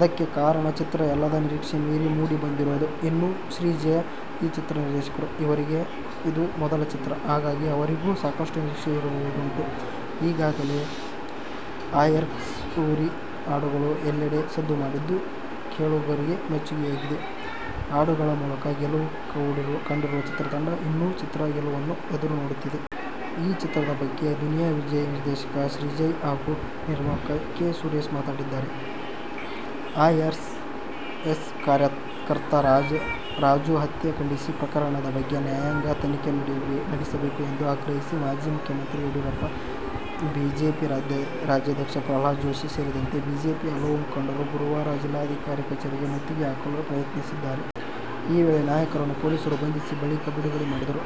ಅದಕ್ಕೆ ಕಾರಣ, ಚಿತ್ರ ಎಲ್ಲರ ನಿರೀಕ್ಷೆ ಮೀರಿ ಮೂಡಿ ಬಂದಿರೋದು. ಇನ್ನು, ಶ್ರೀಜಯ್ ಈ ಚಿತ್ರದ ನಿರ್ದೇಶಕರು. ಇವರಿಗೆ ಇದು ಮೊದಲ ಚಿತ್ರ. ಹಾಗಾಗಿ ಅವರಿಗೂ ಸಾಕಷ್ಟು ನಿರೀಕ್ಷೆ ಇರುವುದುಂಟು. ಈಗಾಗಲೇ "ಆರ್ಎಕ್ಸ್ ಸೂರಿ' ಹಾಡುಗಳು ಎಲ್ಲೆಡೆ ಸದ್ದು ಮಾಡಿದ್ದು, ಕೇಳುಗರಿಗೆ ಮೆಚ್ಚುಗೆಯಾಗಿವೆ. ಹಾಡುಗಳ ಮೂಲಕ ಗೆಲುವು ಕಂಡಿರುವ ಚಿತ್ರತಂಡ, ಇನ್ನು, ಚಿತ್ರದ ಗೆಲುವನ್ನು ಎದುರು ನೋಡುತ್ತಿದೆ. ಈ ಚಿತ್ರದ ಬಗ್ಗೆ ದುನಿಯಾ ವಿಜಯ್, ನಿರ್ದೇಶಕ ಶ್ರೀಜಯ್ ಹಾಗು ನಿರ್ಮಾಪಕ ಕೆ. ಸುರೇಶ್ ಮಾತಾಡಿದ್ದಾರೆ. ಆರ್ಎಸ್ಎಸ್ ಕಾರ್ಯಕರ್ತ ರಾಜು ಹತ್ಯೆ ಖಂಡಿಸಿ, ಪ್ರಕರಣದ ಬಗ್ಗೆ ನ್ಯಾಯಾಂಗ ತನಿಖೆ ನಡೆಸಬೇಕು ಎಂದು ಆಗ್ರಹಿಸಿ ಮಾಜಿ ಮುಖ್ಯಮಂತ್ರಿ ಯಡಿಯೂರಪ್ಪ, ಬಿಜೆಪಿ ರಾಜ್ಯಾಧ್ಯಕ್ಷ ಪ್ರಹ್ಲಾದ ಜೋಶಿ ಸೇರಿದಂತೆ ಬಿಜೆಪಿಯ ಹಲವು ಮುಖಂಡರು ಗುರುವಾರ ಜಿಲ್ಲಾಧಿಕಾರಿ ಕಚೇರಿಗೆ ಮುತ್ತಿಗೆ ಹಾಕಲು ಯತ್ನಿಸಿದರು. ಈ ವೇಳೆ ನಾಯಕರನ್ನು ಪೊಲೀಸರು ಬಂಧಿಸಿ, ಬಳಿಕ ಬಿಡುಗಡೆ ಮಾಡಿದರು.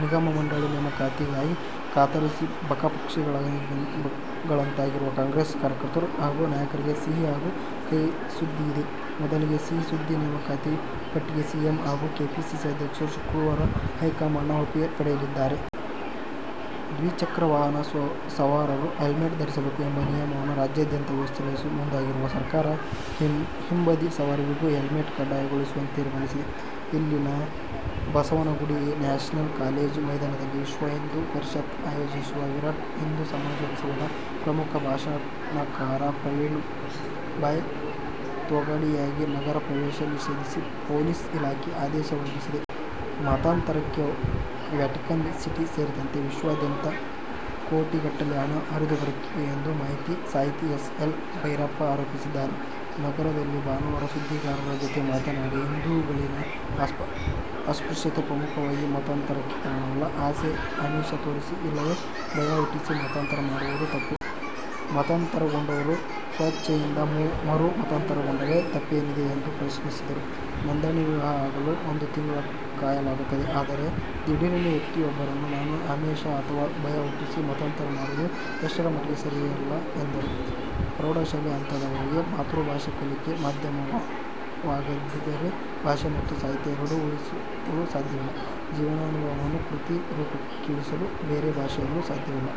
ನಿಗಮ-ಮಂಡಳಿ ನೇಮಕಾತಿ ಗಾಗಿ ಕಾತರಿಸಿ ಬಕ ಪಕ್ಷಿಗಳಂತಾಗಿರುವ ಕಾಂಗ್ರೆಸ್ ಕಾರ್ಯಕರ್ತರು ಹಾಗೂ ನಾಯಕರಿಗೆ ಸಿಹಿ ಹಾಗೂ ಕಹಿ ಸುದ್ದಿಯಿದೆ. ಮೊದಲಿಗೆ ಸಿಹಿ ಸುದ್ದಿ- ನೇಮಕಾತಿ ಪಟ್ಟಿಗೆ ಸಿಎಂ ಹಾಗೂ ಕೆಪಿಸಿಸಿ ಅಧ್ಯಕ್ಷರು ಶುಕ್ರವಾರ ಹೈಕಮಾಂಡ್ನ ಒಪ್ಪಿಗೆ ಪಡೆಯಲಿದ್ದಾರೆ. ದ್ವಿಚಕ್ರ ವಾಹನ ಸವಾರರು ಹೆಲ್ಮೆಟ್ ಧರಿಸಬೇಕು ಎಂಬ ನಿಯಮವನ್ನು ರಾಜ್ಯಾದ್ಯಂತ ವಿಸ್ತರಿಸಲು ಮುಂದಾಗಿರುವ ಸರ್ಕಾರ, ಹಿಂಬದಿ ಸವಾರರಿಗೂ ಹೆಲ್ಮೆಟ್ ಕಡ್ಡಾಯಗೊಳಿಸಲು ತೀರ್ಮಾನಿಸಿದೆ. ಇಲ್ಲಿನ ಬಸವನಗುಡಿ ನ್ಯಾಷನಲ್ ಕಾಲೇಜು ಮೈದಾನದಲ್ಲಿ ವಿಶ್ವ ಹಿಂದೂ ಪರಿಷತ್ ಆಯೋಜಿಸಿರುವ "ವಿರಾಟ್ ಹಿಂದೂ ಸಮಾಜೋತ್ಸವ'ದ ಪ್ರಮುಖ ಭಾಷಣಕಾರ ಪ್ರವೀಣ್ ಭಾಯ್ ತೊಗಾಡಿಯಾಗೆ ನಗರ ಪ್ರವೇಶ ನಿಷೇಧಿಸಿ ಪೊಲೀಸ್ ಇಲಾಖೆ ಆದೇಶ ಹೊರಡಿಸಿದೆ. ಮತಾಂತರಕ್ಕೆ ವ್ಯಾಟಿಕನ್ ಸಿಟಿ ಸೇರಿದಂತೆ ವಿಶ್ವಾದ್ಯಂತ ಕೋಟಿಗಟ್ಟಲೆ ಹಣ ಹರಿದು ಬರುತ್ತಿದೆ ಎಂದು ಸಾಹಿತಿ ಎಸ್. ಎಲ್. ಭೈರಪ್ಪ ಆರೋಪಿಸಿದ್ದಾರೆ. ನಗರದಲ್ಲಿ ಭಾನುವಾರ ಸುದ್ದಿಗಾರರ ಜತೆ ಮಾತನಾಡಿ, ಹಿಂದೂಗಳಲ್ಲಿನ ಅಸ್ಪೃಶ್ಯತೆ ಪ್ರಮುಖವಾಗಿ ಮತಾಂತರಕ್ಕೆ ಕಾರಣವಲ್ಲ. ಆಸೆ ಆಮಿಷ ತೋರಿಸಿ, ಇಲ್ಲವೇ ಭಯ ಹುಟ್ಟಿಸಿ ಮತಾಂತರ ಮಾಡುವುದು ತಪ್ಪು. ಮತಾಂತರಗೊಂಡವರು ಸ್ವಇಚ್ಚೆಯಿಂದ ಮರು ಮತಾಂತರಗೊಂಡರೆ ತಪ್ಪೇನಿದೆ ಎಂದು ಪ್ರಶ್ನಿಸಿದರು. ನೋಂದಣಿ ವಿವಾಹ ಆಗಲು ಒಂದು ತಿಂಗಳು ಕಾಯಲಾಗುತ್ತದೆ. ಆದರೆ, ದಿಢೀರನೇ ವ್ಯಕ್ತಿಯೊಬ್ಬನನ್ನು ನಾನಾ ಆಮಿಷ ಅಥವಾ ಭಯ ಹುಟ್ಟಿಸಿ ಮತಾಂತರ ಮಾಡುವುದು ಎಷ್ಟರ ಮಟ್ಟಿಗೆ ಸರಿಯಲ್ಲ ಎಂದರು. ಪ್ರೌಢಶಾಲೆ ಹಂತದವರೆಗೆ ಮಾತೃಭಾಷೆ ಕಲಿಕೆ ಮಾಧ್ಯಮವಾಗದಿದ್ದರೆ ಭಾಷೆ ಮತ್ತು ಸಾಹಿತ್ಯ ಎರಡನ್ನು ಉಳಿಸಲು ಸಾಧ್ಯವಿಲ್ಲ, ಜೀವನಾನುಭವವನ್ನು ಕೃತಿ ರೂಪಕ್ಕಿಳಿಸಲು ಬೇರೆ ಭಾಷೆಯಲ್ಲೂ ಸಾಧ್ಯವಿಲ್ಲ.